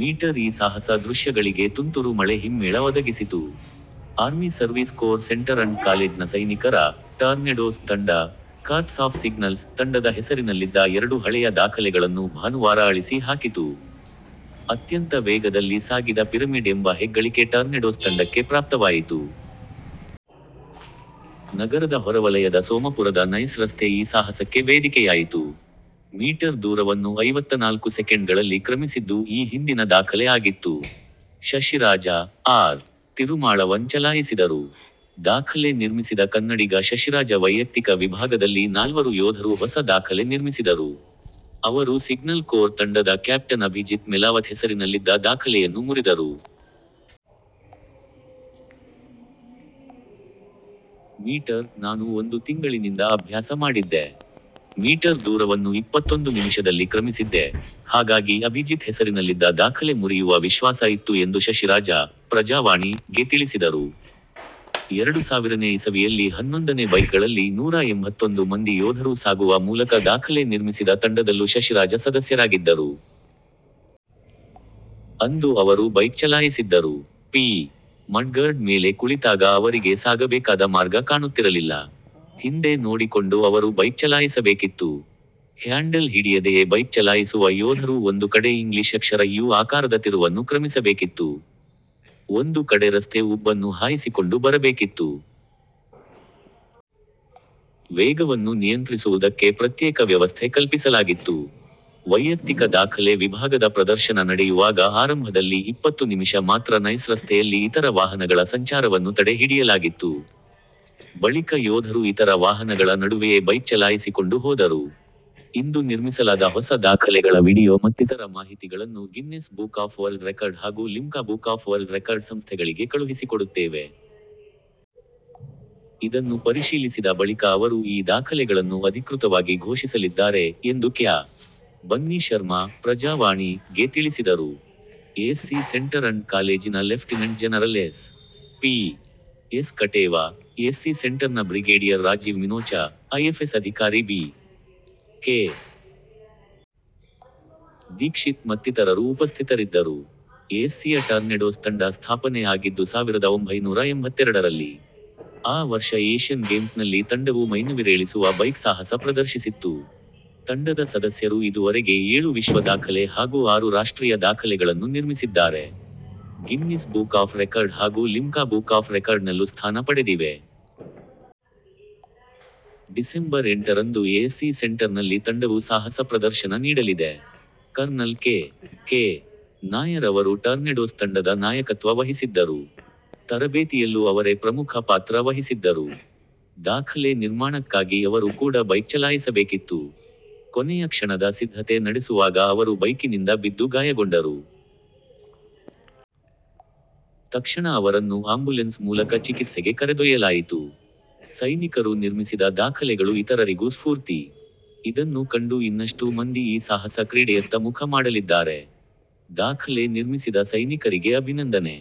Metre ಈ ಸಾಹಸ ದೃಶ್ಯಗಳಿಗೆ ತುಂತುರು ಮಳೆ ಹಿಮ್ಮೇಳ ಒದಗಿಸಿತು. Army service corps centre and ಕಾಲೇಜ್ನ ಸೈನಿಕರ 'ಟಾರ್ನೆಡೋಸ್' ತಂಡ, 'ಕಾರ್ಪ್ಸ್ ಆಫ್ ಸಿಗ್ನಲ್ಸ್' ತಂಡದ ಹೆಸರಿನಲ್ಲಿದ್ದ ಎರಡು ಹಳೆಯ ದಾಖಲೆಗಳನ್ನು ಭಾನುವಾರ ಅಳಿಸಿ ಹಾಕಿತು. ಅತ್ಯಂತ ವೇಗದಲ್ಲಿ ಸಾಗಿದ ಪಿರಮಿಡ್ ಎಂಬ ಹೆಗ್ಗಳಿಕೆ ಟಾರ್ನೆಡೋಸ್ ತಂಡಕ್ಕೆ ಪ್ರಾಪ್ತವಾಯಿತು. ನಗರದ ಹೊರವಲಯದ ಸೋಮಪುರದ ನೈಸ್ ರಸ್ತೆ ಈ ಸಾಹಸಕ್ಕೆ ವೇದಿಕೆಯಾಯಿತು. ಮೀಟರ್ ದೂರವನ್ನು ಐವತ್ತನಾಲ್ಕು ಸೆಕೆಂಡ್ಗಳಲ್ಲಿ ಕ್ರಮಿಸಿದ್ದು ಈ ಹಿಂದಿನ ದಾಖಲೆ ಆಗಿತ್ತು. ಶಶಿರಾಜ, ಆರ್. ತಿರುಮಾಳವನ್ ಚಲಾಯಿಸಿದರು. ದಾಖಲೆ ನಿರ್ಮಿಸಿದ ಕನ್ನಡಿಗ ಶಶಿರಾಜ ವೈಯಕ್ತಿಕ ವಿಭಾಗದಲ್ಲಿ ನಾಲ್ವರು ಯೋಧರು ಹೊಸ ದಾಖಲೆ ನಿರ್ಮಿಸಿದರು. ಅವರು ಸಿಗ್ನಲ್ ಕೋರ್ ತಂಡದ ಕ್ಯಾಪ್ಟನ್ ಅಭಿಜಿತ್ ಮೆಲಾವತ್ ಹೆಸರಿನಲ್ಲಿದ್ದ ದಾಖಲೆಯನ್ನು ಮುರಿದರು. ಮೀಟರ್ 'ನಾನು ಒಂದು ತಿಂಗಳಿನಿಂದ ಅಭ್ಯಾಸ ಮಾಡಿದ್ದೆ. ಮೀಟರ್ ದೂರವನ್ನು ಇಪ್ಪತ್ತೊಂದು ನಿಮಿಷದಲ್ಲಿ ಕ್ರಮಿಸಿದ್ದೆ, ಹಾಗಾಗಿ ಅಭಿಜಿತ್ ಹೆಸರಿನಲ್ಲಿದ್ದ ದಾಖಲೆ ಮುರಿಯುವ ವಿಶ್ವಾಸ ಇತ್ತು ಎಂದು ಶಶಿರಾಜ 'ಪ್ರಜಾವಾಣಿ'ಗೆ ತಿಳಿಸಿದರು. ಎರಡು ಸಾವಿರನೇ ಇಸವಿಯಲ್ಲಿ ಹನ್ನೊಂದನೇ ಬೈಕ್ಗಳಲ್ಲಿ ನೂರ ಎಂಭತ್ತೊಂದು ಮಂದಿ ಯೋಧರು ಸಾಗುವ ಮೂಲಕ ದಾಖಲೆ ನಿರ್ಮಿಸಿದ ತಂಡದಲ್ಲೂ ಶಶಿರಾಜ ಸದಸ್ಯರಾಗಿದ್ದರು. ಅಂದು ಅವರೂ ಬೈಕ್ ಚಲಾಯಿಸಿದ್ದರು. ಪಿ. ಮಡ್ಗಾರ್ಡ್ ಮೇಲೆ ಕುಳಿತಾಗ ಅವರಿಗೆ ಸಾಗಬೇಕಾದ ಮಾರ್ಗ ಕಾಣುತ್ತಿರಲಿಲ್ಲ. ಹಿಂದೆ ನೋಡಿಕೊಂಡು ಅವರು ಬೈಕ್ ಚಲಾಯಿಸಬೇಕಿತ್ತು. ಹ್ಯಾಂಡಲ್ ಹಿಡಿಯದೆಯೇ ಬೈಕ್ ಚಲಾಯಿಸುವ ಯೋಧರು ಒಂದು ಕಡೆ ಇಂಗ್ಲಿಷ್ ಅಕ್ಷರ ಯೂ ಆಕಾರದ ತಿರುವನ್ನು ಕ್ರಮಿಸಬೇಕಿತ್ತು. ಒಂದು ಕಡೆ ರಸ್ತೆ ಉಬ್ಬನ್ನು ಹಾಯಿಸಿಕೊಂಡು ಬರಬೇಕಿತ್ತು. ವೇಗವನ್ನು ನಿಯಂತ್ರಿಸುವುದಕ್ಕೆ ಪ್ರತ್ಯೇಕ ವ್ಯವಸ್ಥೆ ಕಲ್ಪಿಸಲಾಗಿತ್ತು. ವೈಯಕ್ತಿಕ ದಾಖಲೆ ವಿಭಾಗದ ಪ್ರದರ್ಶನ ನಡೆಯುವಾಗ ಆರಂಭದಲ್ಲಿ ಇಪ್ಪತ್ತು ನಿಮಿಷ ಮಾತ್ರ ನೈಸ್ ರಸ್ತೆಯಲ್ಲಿ ಇತರ ವಾಹನಗಳ ಸಂಚಾರವನ್ನು ತಡೆ ಹಿಡಿಯಲಾಗಿತ್ತು. ಬಳಿಕ ಯೋಧರು ಇತರ ವಾಹನಗಳ ನಡುವೆಯೇ ಬೈಕ್ ಚಲಾಯಿಸಿಕೊಂಡು ಹೋದರು. 'ಇಂದು ನಿರ್ಮಿಸಲಾದ ಹೊಸ ದಾಖಲೆಗಳ ವಿಡಿಯೊ ಮತ್ತಿತರ ಮಾಹಿತಿಗಳನ್ನು Guinness book of world record ಹಾಗೂ Limca book of world record ಸಂಸ್ಥೆಗಳಿಗೆ ಕಳುಹಿಸಿಕೊಡುತ್ತೇವೆ. ಇದನ್ನು ಪರಿಶೀಲಿಸಿದ ಬಳಿಕ ಅವರು ಈ ದಾಖಲೆಗಳನ್ನು ಅಧಿಕೃತವಾಗಿ ಘೋಷಿಸಲಿದ್ದಾರೆ' ಎಂದು ಕ್ಯಾ. ಬನ್ನಿ ಶರ್ಮ 'ಪ್ರಜಾವಾಣಿ'ಗೆ ತಿಳಿಸಿದರು. ಎಎಸ್ಸಿ ಸೆಂಟರ್ ಅಂಡ್ ಕಾಲೇಜಿನ lieutenant general S. P. S Katewa, ASC ಸೆಂಟರ್ನ ಬ್ರಿಗೇಡಿಯರ್ ರಾಜೀವ್ ಮಿನೋಚ, ಐಎಫ್ಎಸ್ ಅಧಿಕಾರಿ ಬಿ. ಕೆ. ದೀಕ್ಷಿತ್ ಮತ್ತಿತರರು ಉಪಸ್ಥಿತರಿದ್ದರು. ಎಎಸ್ಸಿಯ ಟಾರ್ನೆಡೋಸ್ ತಂಡ ಸ್ಥಾಪನೆ ಆಗಿದ್ದು ಸಾವಿರದ ಒಂಭೈನೂರ ಎಂಭತ್ತೆರಡರಲ್ಲಿ. ಆ ವರ್ಷ ಏಷ್ಯನ್ ಗೇಮ್ಸ್ನಲ್ಲಿ ತಂಡವು ಮೈನವಿರೇಳಿಸುವ ಬೈಕ್ ಸಾಹಸ ಪ್ರದರ್ಶಿಸಿತ್ತು. ತಂಡದ ಸದಸ್ಯರು ಇದುವರೆಗೆ ಏಳು ವಿಶ್ವದಾಖಲೆ ಹಾಗೂ ಆರು ರಾಷ್ಟ್ರೀಯ ದಾಖಲೆಗಳನ್ನು ನಿರ್ಮಿಸಿದ್ದಾರೆ. ಗಿನ್ನಿಸ್ ಬುಕ್ ಆಫ್ ರೆಕಾರ್ಡ್ ಹಾಗೂ ಲಿಮ್ಕಾ ಬುಕ್ ಆಫ್ ರೆಕಾರ್ಡ್ನಲ್ಲೂ ಸ್ಥಾನ ಪಡೆದಿವೆ. ಡಿಸೆಂಬರ್ ಎಂಟರಂದು ಎ ಎಸ್ಸಿ ಸೆಂಟರ್ನಲ್ಲಿ ತಂಡವು ಸಾಹಸ ಪ್ರದರ್ಶನ ನೀಡಲಿದೆ. Colonel K. ಕೆ. ನಾಯರ್ ಅವರು ಟಾರ್ನೆಡೋಸ್ ತಂಡದ ನಾಯಕತ್ವ ವಹಿಸಿದ್ದರು. ತರಬೇತಿಯಲ್ಲೂ ಅವರೇ ಪ್ರಮುಖ ಪಾತ್ರ ವಹಿಸಿದ್ದರು. ದಾಖಲೆ ನಿರ್ಮಾಣಕ್ಕಾಗಿ ಅವರು ಕೂಡ ಬೈಕ್ ಚಲಾಯಿಸಬೇಕಿತ್ತು. ಕೊನೆಯ ಕ್ಷಣದ ಸಿದ್ಧತೆ ನಡೆಸುವಾಗ ಅವರು ಬೈಕಿನಿಂದ ಬಿದ್ದು ಗಾಯಗೊಂಡರು. ತಕ್ಷಣ ಅವರನ್ನು ಆಂಬುಲೆನ್ಸ್ ಮೂಲಕ ಚಿಕಿತ್ಸೆಗೆ ಕರೆದೊಯ್ಯಲಾಯಿತು. ಸೈನಿಕರು ನಿರ್ಮಿಸಿದ ದಾಖಲೆಗಳು ಇತರರಿಗೂ ಸ್ಫೂರ್ತಿ. ಇದನ್ನು ಕಂಡು ಇನ್ನಷ್ಟು ಮಂದಿ ಈ ಸಾಹಸ ಕ್ರೀಡೆಯತ್ತ ಮುಖ ಮಾಡಲಿದ್ದಾರೆ. ದಾಖಲೆ ನಿರ್ಮಿಸಿದ ಸೈನಿಕರಿಗೆ ಅಭಿನಂದನೆ